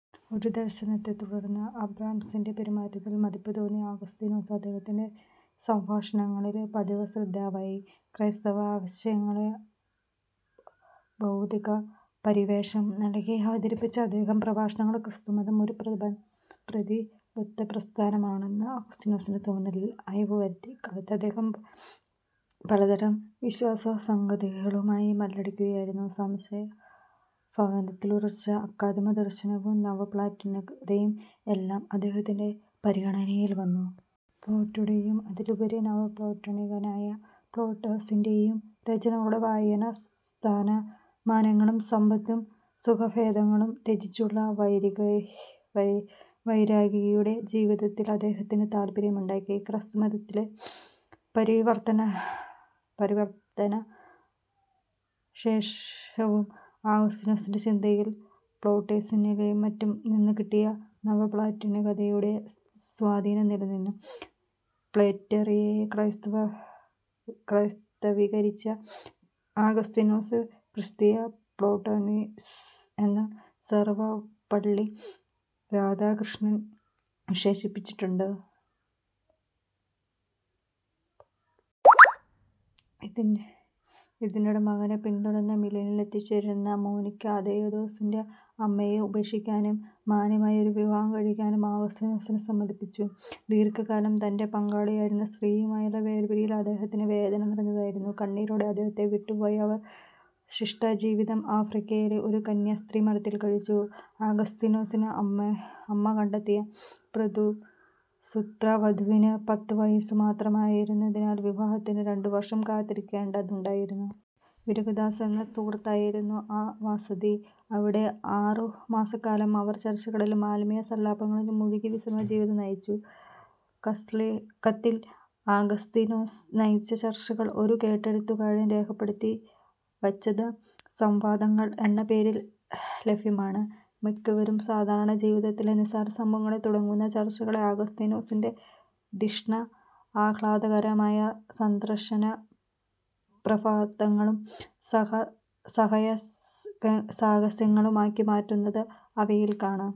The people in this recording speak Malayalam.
ഒരു സന്ദർശനത്തെ തുടർന്ന് അംബ്രോസിന്റെ പെരുമാറ്റത്തിൽ മതിപ്പു തോന്നിയ അഗസ്തീനോസ് അദ്ദേഹത്തിന്റെ പ്രഭാഷണങ്ങളിൽ പതിവുശ്രോതാവായി. ക്രൈസ്തവാശയങ്ങളെ ബൗദ്ധിക പരിവേഷം നൽകി അവതരിപ്പിച്ച ആ പ്രഭാഷണങ്ങൾ ക്രിസ്തുമതം ഒരു പ്രതിബൗദ്ധികപ്രസ്ഥാനം ആണെന്ന അഗസ്തീനോസിന്റെ തോന്നലിൽ അയവു വരുത്തി. ഇക്കാലത്ത് അദ്ദേഹം പലതരം വിശ്വാസസംഹിതകളുമായി മല്ലടിക്കുകയായിരുന്നു. സംശയഭാവത്തിലുറച്ച അക്കാദമികദർശനവും നവപ്ലേറ്റോണികതയും എല്ലാം അദ്ദേഹത്തിന്റെ പരിഗണനയിൽ വന്നു. പ്ലേറ്റോയുടേയും അതിലുപരി നവപ്ലേറ്റോണികനായ പ്ലോട്ടിനസിന്റേയും രചനകളുടെ വായന, സ്ഥാനമാനങ്ങളും സമ്പത്തും സുഖഭോഗങ്ങളും ത്യജിച്ചുള്ള വൈരാഗിയുടെ ജീവിതത്തിൽ അദ്ദേഹത്തിനു താത്പര്യമുണ്ടാക്കി. ക്രിസ്തുമതത്തിലേയ്ക്ക് പരിവർത്തിതനായ ശേഷവും അഗസ്തീനോസിന്റെ ചിന്തയിൽ പ്ലോട്ടിനസിലും മറ്റും നിന്നു കിട്ടിയ നവപ്ലേറ്റോണികതയുടെ സ്വാധീനം നിലനിന്നു. പ്ലേറ്റോയെ ക്രൈസ്തവീകരിച്ച അഗസ്തീനൊസിനെ ക്രിസ്തീയ പ്ലോട്ടിനസ് എന്ന് സർവപ്പള്ളി രാധാകൃഷ്ണൻ വിശേഷിപ്പിച്ചിട്ടുണ്ട്. ഇതിനിടെ മകനെ പിന്തുടർന്ന് മിലാനിൽ എത്തിച്ചേർന്നിരുന്ന മോനിക്ക, അദയോദാത്തസിന്റെ അമ്മയെ ഉപേക്ഷിക്കാനും 'മാന്യമായ' ഒരു വിവാഹം കഴിക്കാനും അഗസ്തീനോസിനെ സമ്മതിപ്പിച്ചു. ദീർഘകാലം തന്റെ പങ്കാളിയായിരുന്ന സ്ത്രീയുമായുള്ള വേർപിരിയൽ അദ്ദേഹത്തിന് വേദനനിറഞ്ഞതായിരുന്നു. കണ്ണീരോടെ അദ്ദേഹത്തെ വിട്ടുപോയ അവർ ശിഷ്ടജീവിതം ആഫ്രിക്കയിലെ ഒരു കന്യാസ്ത്രിമഠത്തിൽ കഴിച്ചു. അഗസ്തീനോസിന് അമ്മ കണ്ടെത്തിയ പ്രതിശ്രുതവധുവിന് പത്തു വയസ്സു മാത്രമായിരുന്നതിനാൽ വിവാഹത്തിന് രണ്ടു വർഷം കാത്തിരിക്കേണ്ടതുണ്ടായിരുന്നു. വിരക്കന്ദസ് എന്ന സുഹൃത്തിന്റേതായിരുന്നു ആ വസതി. അവിടെ ആറേഴു മാസക്കാലം അവർ ചർച്ചകളിലും ആത്മീയസല്ലാപങ്ങളിലും മുഴുകി വിശ്രമജീവിതം നയിച്ചു. കസ്സീഷ്യക്കത്തിൽ അഗസ്തീനോസ് നയിച്ച ചർച്ചകൾ ഒരു കേട്ടെഴുത്തുകാരൻ രേഖപ്പെടുത്തി വച്ചത് സംവാദങ്ങൾ എന്ന പേരിൽ ലഭ്യമാണ്. മിക്കവാറും, സാധാരണജീവിതത്തിലെ നിസ്സാരസംഭവങ്ങളിൽ തുടങ്ങുന്ന ചർച്ചകളെ അഗസ്തീനോസിന്റെ ധിഷണ, ആഹ്ലാദകരമായ ദാർശനികപ്രാഭാതങ്ങളും സായഹ്നങ്ങളുമാക്കി മാറ്റുന്നത് അവയിൽ കാണാം.